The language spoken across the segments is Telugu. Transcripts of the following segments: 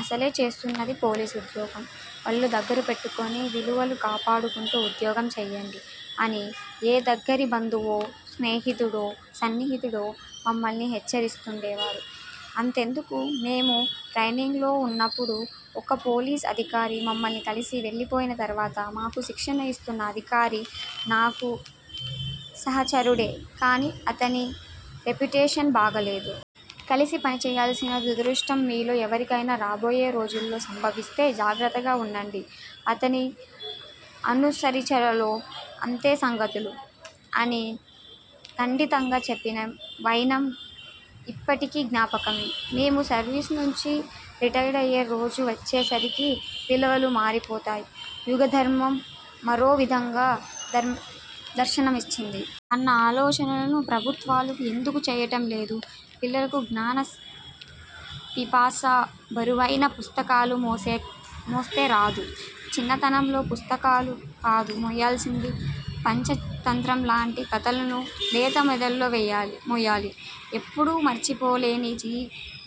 అసలే చేస్తున్నది పోలీసు ఉద్యోగం! వళ్ళు దగ్గర పెట్టుకొని, విలువలు కాపాడుకుంటూ ఉద్యోగం చేయండి' అని ఏ దగ్గరి బంధువో, స్నేహితుడో, సన్నిహితుడో మమ్మల్ని హెచ్చరిస్తూండేవారు. అంతెందుకు! మేము ట్రయినింగ్లో వున్నప్పుడు ఒక పోలీసు అధికారి మమ్మల్ని కలిసి వెళ్ళిపోయిన తర్వాత, మాకు శిక్షణ యిస్తున్న అధికారి – 'నాకు సహచరుడే కానీ అతని రిప్యుటేషన్ బాగాలేదు. కలిసి పనిచేయాల్సిన దురదృష్టం మీలో ఎవరికైనా రాబోయే రోజుల్లో సంభవిస్తే జాగ్రత్తగా వుండండి – అతన్ని అనుసరించారో అంతే సంగతులు' అని ఖండితంగా చెప్పిన వైనం యిప్పటికీ జ్ఞాపకమే! మేము సర్వీసు నుంచి రిటైర్ అయ్యే రోజు వచ్చేసరికి విలువలు మారిపోయాయి. యుగధర్మం మరోవిధంగా దర్శనమిచ్చింది. అన్న ఆలోచనను ప్రభుత్వాలు ఎందుకు చేయటం లేదు? పిల్లలకు జ్ఞాన పిపాస బరువైన పుస్తకాలు మోస్తే రాదు. చిన్నతనంలో పుస్తకాలు కాదు మోయాల్సింది పంచతంత్రం లాంటి కథలను లేత మెదళ్ళు మోయాలి. ఎప్పుడూ మరిచిపోలేని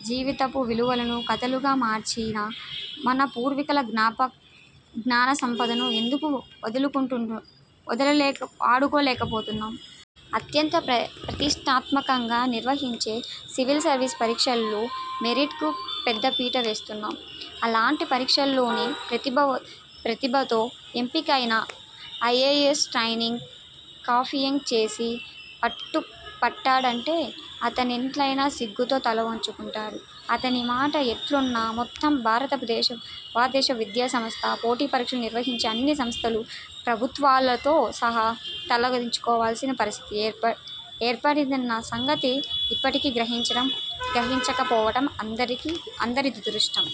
జీవితపు విలువలను కథలుగా మార్చిన మన పూర్వీకుల జ్ఞాన సంపదను ఎందుకు వాడుకోలేకపోతున్నాం? అత్యంత ప్రతిష్ఠాత్మకంగా నిర్వహించే సివిల్ సర్వీస్ పరీక్షల్లో 'మెరిట్'కు పెద్దపీట వేస్తున్నాం. అలాంటి పరీక్షలోనే ప్రతిభతో ఎంపికయిన ఐపీఎస్ ట్రయినీ కాపీయింగ్ చేసి పట్టుపడ్డాడంటే అతనెట్లయినా సిగ్గుతో తలవంచుకుంటాడు. అతని మాట ఎట్లున్నా, మొత్తం భారతదేశపు విద్యా వ్యవస్థ, పోటీ పరీక్షలు నిర్వహిస్తున్న అన్ని సంస్థలూ, ప్రభుత్వాలతో సహా తలవంచుకొనే పరిస్థితి ఏర్పడిందన్న సంగతి యిప్పటికీ గ్రహించక పోవటం అందరి దురదృష్టం.